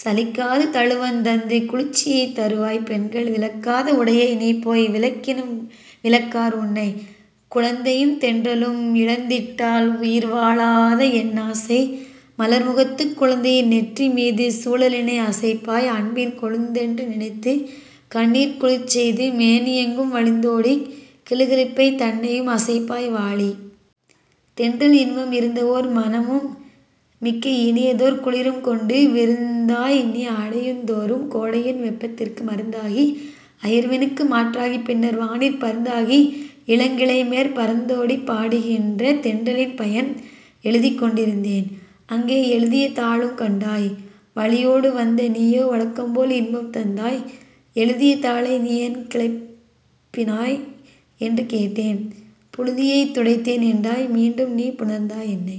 சலிக்காது தழுவத் தந்து குளிர்ச்சியைத் தருவாய்! பெண்கள் விலக்காத உடையை நீபோய் விலக்கினும், விலக்கார் உன்னை! குழந்தையும் தென்றலும் இழந்திட்டால் உயிர்வா ழாத என்னாசை மலர்மு கத்துக் குழந்தையின் நெற்றி மீது குழலினை அசைப்பாய்; அன்பின் கொழுந்தென்று நினத்துக், கண்ணிற் குளிர்செய்து, மேனி யெங்கும் வழிந்தோடிக் கிலு கிலுப்பை தன்னையு ம் அசைப்பாய் வாழி. தென்றல் இன்பம் இருந்தஓர் மனமும், மிக்க இனியதோர் குளிரும் கொண்டு விருந்தாய்நீ அடையுந் தோறும் கோடையின் வெப்பத் திற்கு மருந்தாகி அயர்வி னுக்கு மாற்றாகிப் பின்னர் வானிற் பருந்தாகி இளங்கி ளைமேற் பறந்தோடிப் பாடு கின்றாய்! தென்றலின் பயன் எழுதிக்கொண் டிருந்தேன்; அங்கே எழுதிய தாளும் கண்டாய்; வழியோடு வந்த நீயோ வழக்கம்போல் இன்பம் தந்தாய்; "எழுதிய தாளை நீ ஏன் கிளப்பினை" என்று கேட்டேன், "புழுதியைத் துடைத்தேன்" என்றாய்; மீண்டும்நீ புணர்ந்தாய் என்னை!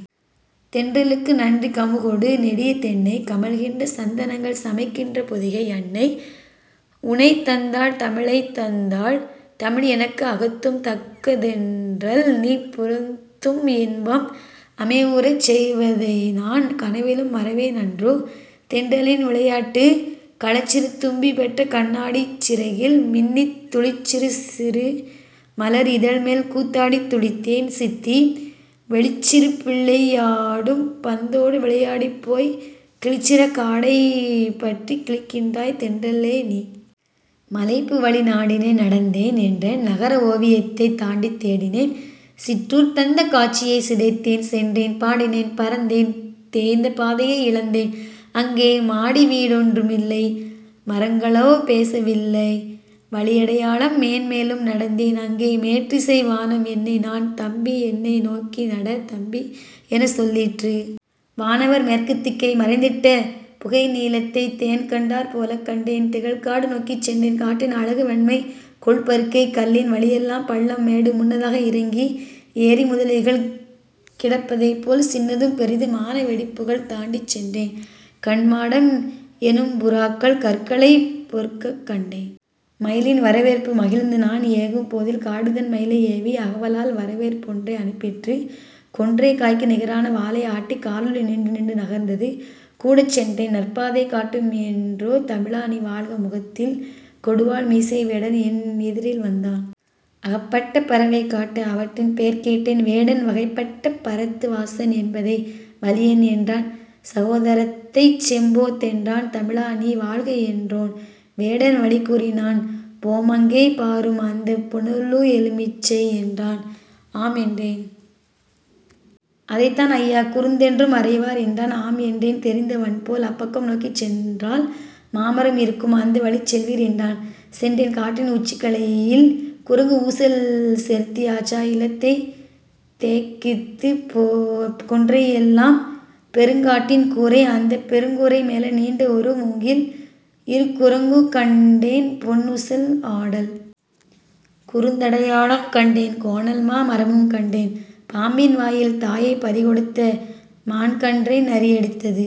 தென்றலிற்கு நன்றி கமுகொடு, நெடிய தென்னை, கமழ்கின்ற சந்த னங்கள், சமைகின்ற பொதிகை அன்னை, உனைத்தந்தாள் தமிழைத் தந்தாள் தமிழ் எனக்கு அகத்தும், தக்க தென்றல்நீ புறத்தும், இன்பம் அமைவுறச் செய்வ தைநான் கனவிலும் மறவேன் அன்றோ? தென்றலின் விளையாட்டு களச்சிறு தும்பி பெற்ற கண்ணாடிச் சிறகில் மின்னித், துளிச்சிறு மலர் இதழ்மேல் கூத்தாடித் துளிதேன் சிந்தி, வெளிச்சிறு பிள்ளை யாடும் பந்தோடு விளயா டிப், போய்க் கிளிச்சிற காடை பற்றிக் கிழிக்கின்றாய் தென்ற லேநீ! மலைப்பு வழி நாடினேன்; நடந்தேன்; என்றன் நகரஓ வியத்தைத் தாண்டித் தேடினேன்; சிற்றுர் தந்த காட்சியைச் சிதைத்தேன்; சென்றேன்; பாடினேன்; பறந்தேன்; தேய்ந்த பாதையை இழந்தேன். அங்கே மாடிவீ டொன்று மில்லை மரங்களோ பேசவில்ல! வழியடையாளம் மேன் மேலும் நடந்தேன்; அங்கே 'மேற்றிசை வானம்' என்னை "நான் தம்பி என்னை நோக்கி நட தம்பி" எனச்சொல் லிற்று! வான்வரை மேற்குத் திக்கை மறைத்திட்ட புகைநீ லத்தைத் தேன்கண்டாற் போலே கண்டேன், திகழ் காடு நோக்கிச் சென்றேன். காட்டின் அழகு வன்மை கொள் பருக்கைக் கல்லின் வழியெல்லாம் பள்ளம், மேடு! முன்னாக இறங்கி ஏறி முதலைகள் கிடப்ப தைப்போல் சின்னதும் பெரிது மான வெடிப்புக்கள் தாண்டிச் சென்றேன்; "கன்மாடம்" எனும்பு றாக்கள் கற்களைப் பொறுக்கக் கண்டேன். மயிலின் வரவேற்பு மகிழ்ந்துநான் ஏகும் போதில் காடுதன் மயிலை ஏவி அகவலால் வரவேற் பொன்றை அனுப்பிற்று கொன்றைக் காய்க்கு நிகரான வாலை ஆட்டிக் காரெலி நின்று நின்று நகர்ந்தது. கூடச் சென்றேன் நற்பாதை காட்டும் என்றே. தமிழா நீ வாழ்க முகத்திலே கொடுவாள் மீசை வேடன், என் எதிரில் வந்தான். அகப்பட்ட பறவை காட்ட, அவற்றின்பேர் கேட்டேன்! வேடன் வகைபட்ட பரத்து வாசன் என்பதை வலியன் என்றான்; சகோ தரத்தைச் செம்போத் தென்றான்! தமிழா நீ வாழ்க என்றேன். வேடன் வழி கூறினான் "போம் அங்கே! பாரும் அந்தப் புன எலு மிச்சை" என்றான். " ஆம்" என்றேன்". "அதைத்தான் ஐயா குருந்தென்றும் அறைவார்" என்றான் "ஆம்" என்றேன் தெரிந்த வன்போல்! "அப்பக்கம் நோக்கிச் சென்றால் மாமரம் இருக்கும் அந்த வழிச்செல்வீர்" என்றான் சென்றேன். காட்டின் உச்சிக்கிளையில் குரங்கு ஊசல் செருந்தி, யாச்சா, இலந்தை, தேக்கீந்து கொன்றை யெல்லாம் பெருங்காட்டின் கூரை! அந்தப் பெருங்கூரை மேலே நீண்ட ஒரு முங்கில்; இரு குரங்கு கண்டேன் பொன் னுசல் ஆடல்! குருந்தடையாளம் கண்டேன் கோணல்மா மரமும் கண்டேன்! பாம்பின் வாயில் தாயைப் பறிகொடுத்த மான்கன்றை நரியடித்தது